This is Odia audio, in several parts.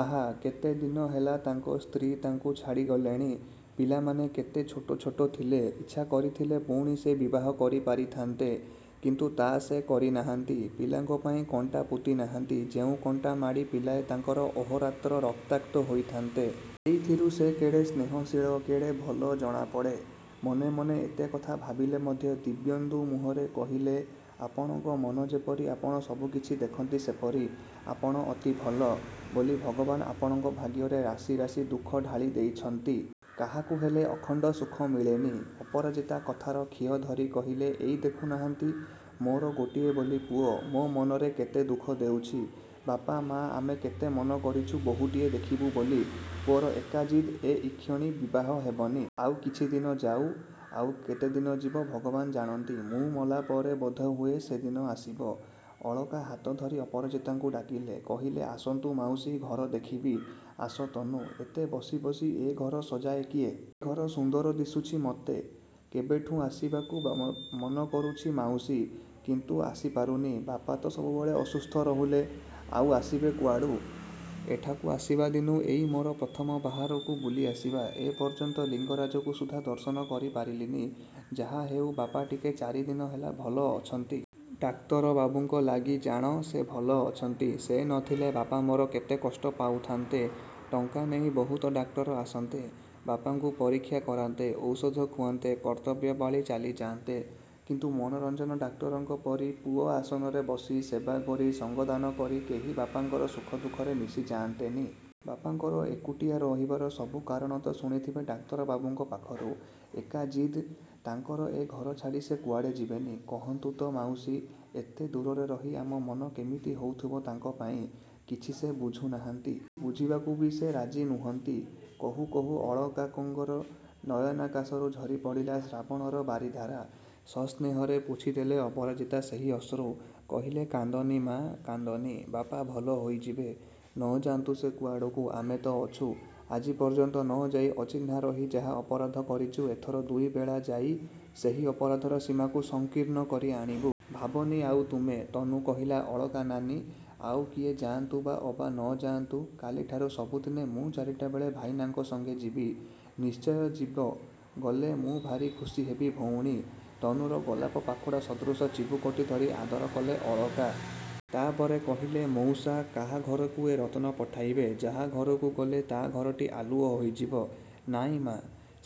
ଆହା, କେତେଦିନ ହେଲା ତାଙ୍କ ସ୍ତ୍ରୀ ତାଙ୍କୁ ଛାଡ଼ି ଚାଲି ଗଲେଣି। ପିଲାମାନେ କେତେ ଛୋଟ ଛୋଟ ଥିଲେ। ଇଚ୍ଛା କରିଥିଲେ ପୁଣି ସେ ବିବାହ କରିପାରିଥାନ୍ତେ; କିନ୍ତୁ ତା' ସେ କରିନାହାନ୍ତି। ପିଲାଙ୍କ ପାଇଁ କଣ୍ଟା ପୋତିନାହାନ୍ତି, ଯେଉଁ କଣ୍ଟା ମାଡ଼ି ପିଲାଏ ତାଙ୍କର ଅହୋରାତ୍ର ରକ୍ତାକ୍ତ ହୋଇଥାନ୍ତେ। ଏଇଥିରୁ ସେ କେଡ଼େ ସ୍ନେହଶୀଳ, କେଡ଼େ ଭଲ ଜଣାପଡ଼େ। ମନେ ମନେ ଏତେ କଥା ଭାବିଲେ ମଧ୍ୟ ଦିବ୍ୟେନ୍ଦୁ ମୁହଁରେ କହିଲେ ଆପଣଙ୍କ ମନ ଯେପରି ଆପଣ ସବୁ କିଛି ଦେଖନ୍ତି ସେପରି। ଆପଣ ଅତି ଭଲ ବୋଲି ଭଗବାନ ଆପଣଙ୍କ ଭାଗ୍ୟରେ ରାଶି ରାଶି ଦୁଃଖ ଢାଳି ଦେଇଛନ୍ତି। କାହାକୁ ହେଲେ ଅଖଣ୍ଡ ସୁଖ ମିଳେନି। ଅପରାଜିତା କଥାର ଖିଅ ଧରି କହିଲେ ଏଇ ଦେଖୁନାହାନ୍ତି, ମୋର ଗୋଟିଏ ବୋଲି ପୁଅ, ମୋ ମନରେ କେତେ ଦୁଃଖ ଦେଉଛି। ବାପ ମାଆ ଆମେ କେତେ ମନ କରିଛୁ ବୋହୂଟିଏ ଦେଖିବୁ ବୋଲି। ପୁଅର ଏକା ଜିଦ୍ଏ ଇକ୍ଷଣି ବିବାହ ହେବନି। ଆଉ କିଛିଦିନ ଯାଉ। ଆଉ କେତେଦିନ ଯିବ ଭଗବାନ ଜାଣନ୍ତି। ମୁଁ ମଲେ ପରେ ବୋଧହୁଏ ସେଦିନ ଆସିବ। ଅଳକା ହାତ ଧରି ଅପରାଜିତାଙ୍କୁ ଡାକିଲେ। କହିଲେ ଆସନ୍ତୁ ମାଉସୀ, ଘର ଦେଖିବି। ଆସ ତନୁ। ଏତେ ବସି ବସି ଏ ଘର ସଜାଏ କିଏ? ଏ ଘର ସୁନ୍ଦର ଦିଶୁଛି ମୋତେ। କେବେଠୁଁ ଆସିବାକୁ ମନ କରୁଛି ମାଉସୀ; କିନ୍ତୁ ଆସିପାରୁନି। ବାପା ତ ସବୁବେଳେ ଅସୁସ୍ଥ ରହିଲେ, ଆଉ ଆସିବି କୁଆଡ଼େ। ଏଠାକୁ ଆସିବାଦିନୁ ଏଇ ମୋର ପ୍ରଥମ ବାହାରକୁ ବୁଲିଆସିବା। ଏପର୍ଯ୍ୟନ୍ତ ଲିଙ୍ଗରାଜଙ୍କୁ ସୁଦ୍ଧା ଦର୍ଶନ କରିପାରିଲିନି। ଯାହା ହେଉ ବାପା ଟିକେ ଚାରିଦିନ ହେଲା ଭଲ ଅଛନ୍ତି। ଡାକ୍ତର ବାବୁଙ୍କ ଲାଗି ଜାଣ, ସେ ଭଲ ଅଛନ୍ତି। ସେ ନଥିଲେ ବାପା ମୋର କେତେ କଷ୍ଟ ପାଉଥାନ୍ତେ। ଟଙ୍କା ନେଇ ବହୁତ ଡାକ୍ତର ଆସନ୍ତେ, ବାପାଙ୍କୁ ପରୀକ୍ଷା କରାନ୍ତେ, ଔଷଧ ଖୁଆନ୍ତେ, କର୍ତ୍ତବ୍ୟ ପାଳି ଚାଲିଯାଆନ୍ତେ। କିନ୍ତୁ ମନୋରଞ୍ଜନ ଡାକ୍ତରଙ୍କ ପରି ପୁଅ ଆସନରେ ବସି, ସେବା କରି, ସଙ୍ଗଦାନ କରି କେହି ବାପାଙ୍କର ସୁଖ ଦୁଃଖରେ ମିଶିଯାଆନ୍ତେନି। ବାପାଙ୍କର ଏକୁଟିଆ ରହିବାର ସବୁ କାରଣ ତ ଶୁଣିଥିବେ ଡାକ୍ତରବାବୁଙ୍କ ପାଖରୁ। ଏକା ଜିଦ୍ ତାଙ୍କର ଏ ଘର ଛାଡ଼ି ସେ କୁଆଡ଼େ ଯିବେନି। କହନ୍ତୁ ତ ମାଉସୀ, ଏତେ ଦୂରରେ ରହି ଆମ ମନ କେମିତି ହେଉଥିବ ତାଙ୍କ ପାଇଁ। କିଛି ସେ ବୁଝୁନାହାନ୍ତି। ବୁଝିବାକୁ ବି ସେ ରାଜି ନୁହନ୍ତି। କହୁ କହୁ ଅଳକାଙ୍କର ନୟନାକାଶରୁ ଝରିପଡ଼ିଲା ଶ୍ରାବଣର ବାରିଧାରା। ସସ୍ନେହରେ ପୋଛିଦେଲେ ଅପରାଜିତା ସେହି ଅଶ୍ରୁ। କହିଲେ କାନ୍ଦନି ମା', କାନ୍ଦନି। ବାପା ଭଲ ହୋଇଯିବେ। ନଯାନ୍ତୁ ସେ କୁଆଡ଼କୁ, ଆମେ ତ ଅଛୁ। ଆଜି ପର୍ଯ୍ୟନ୍ତ ନଯାଇ, ଅଚିହ୍ନା ରହି ଯାହା ଅପରାଧ କରିଛୁ ଏଥର ଦୁଇବେଳା ଯାଇ ସେହି ଅପରାଧର ସୀମାକୁ ସଂକୀର୍ଣ୍ଣ କରି ଆଣିବୁ। ଭାବନି ଆଉ ତୁମେ। ତନୁ କହିଲା ଅଳକା ନାନୀ, ଆଉ କିଏ ଯାଆନ୍ତୁ ଅବା ନ ଯାଆନ୍ତୁ, କାଲିଠାରୁ ସବୁଦିନେ ମୁଁ ଚାରିଟା ବେଳେ ଭାଇନାଙ୍କ ସଙ୍ଗେ ଯିବି। ନିଶ୍ଚୟ ଯିବ। ଗଲେ ମୁଁ ଭାରି ଖୁସି ହେବି ଭଉଣୀ। ତନୁର ଗୋଲାପ ପାଖୁଡ଼ା ସଦୃଶ ଚିବୁକଟି ଧରି ଆଦର କଲେ ଅଳକା। ତା'ପରେ କହିଲେ ମାଉସା, କାହା ଘରକୁ ଏ ରତ୍ନ ପଠାଇବେ? ଯାହା ଘରକୁ ଗଲେ ତା' ଘରଟି ଆଲୁଅ ହୋଇଯିବ। ନାଇଁ ମା',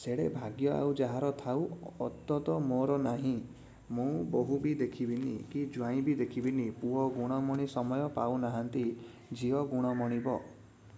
ସେଡ଼େ ଭାଗ୍ୟ ଆଉ ଯାହାର ଥାଉ, ଅନ୍ତତ ମୋର ନାହିଁ। ମୁଁ ବୋହୂ ବି ଦେଖିବିନି, କି ଜ୍ୱାଇଁ ବି ଦେଖିବିନି। ପୁଅ ଗୁଣମଣି ସମୟ ପାଉନାହାନ୍ତି। ଝିଅ ଗୁଣମଣି ବ |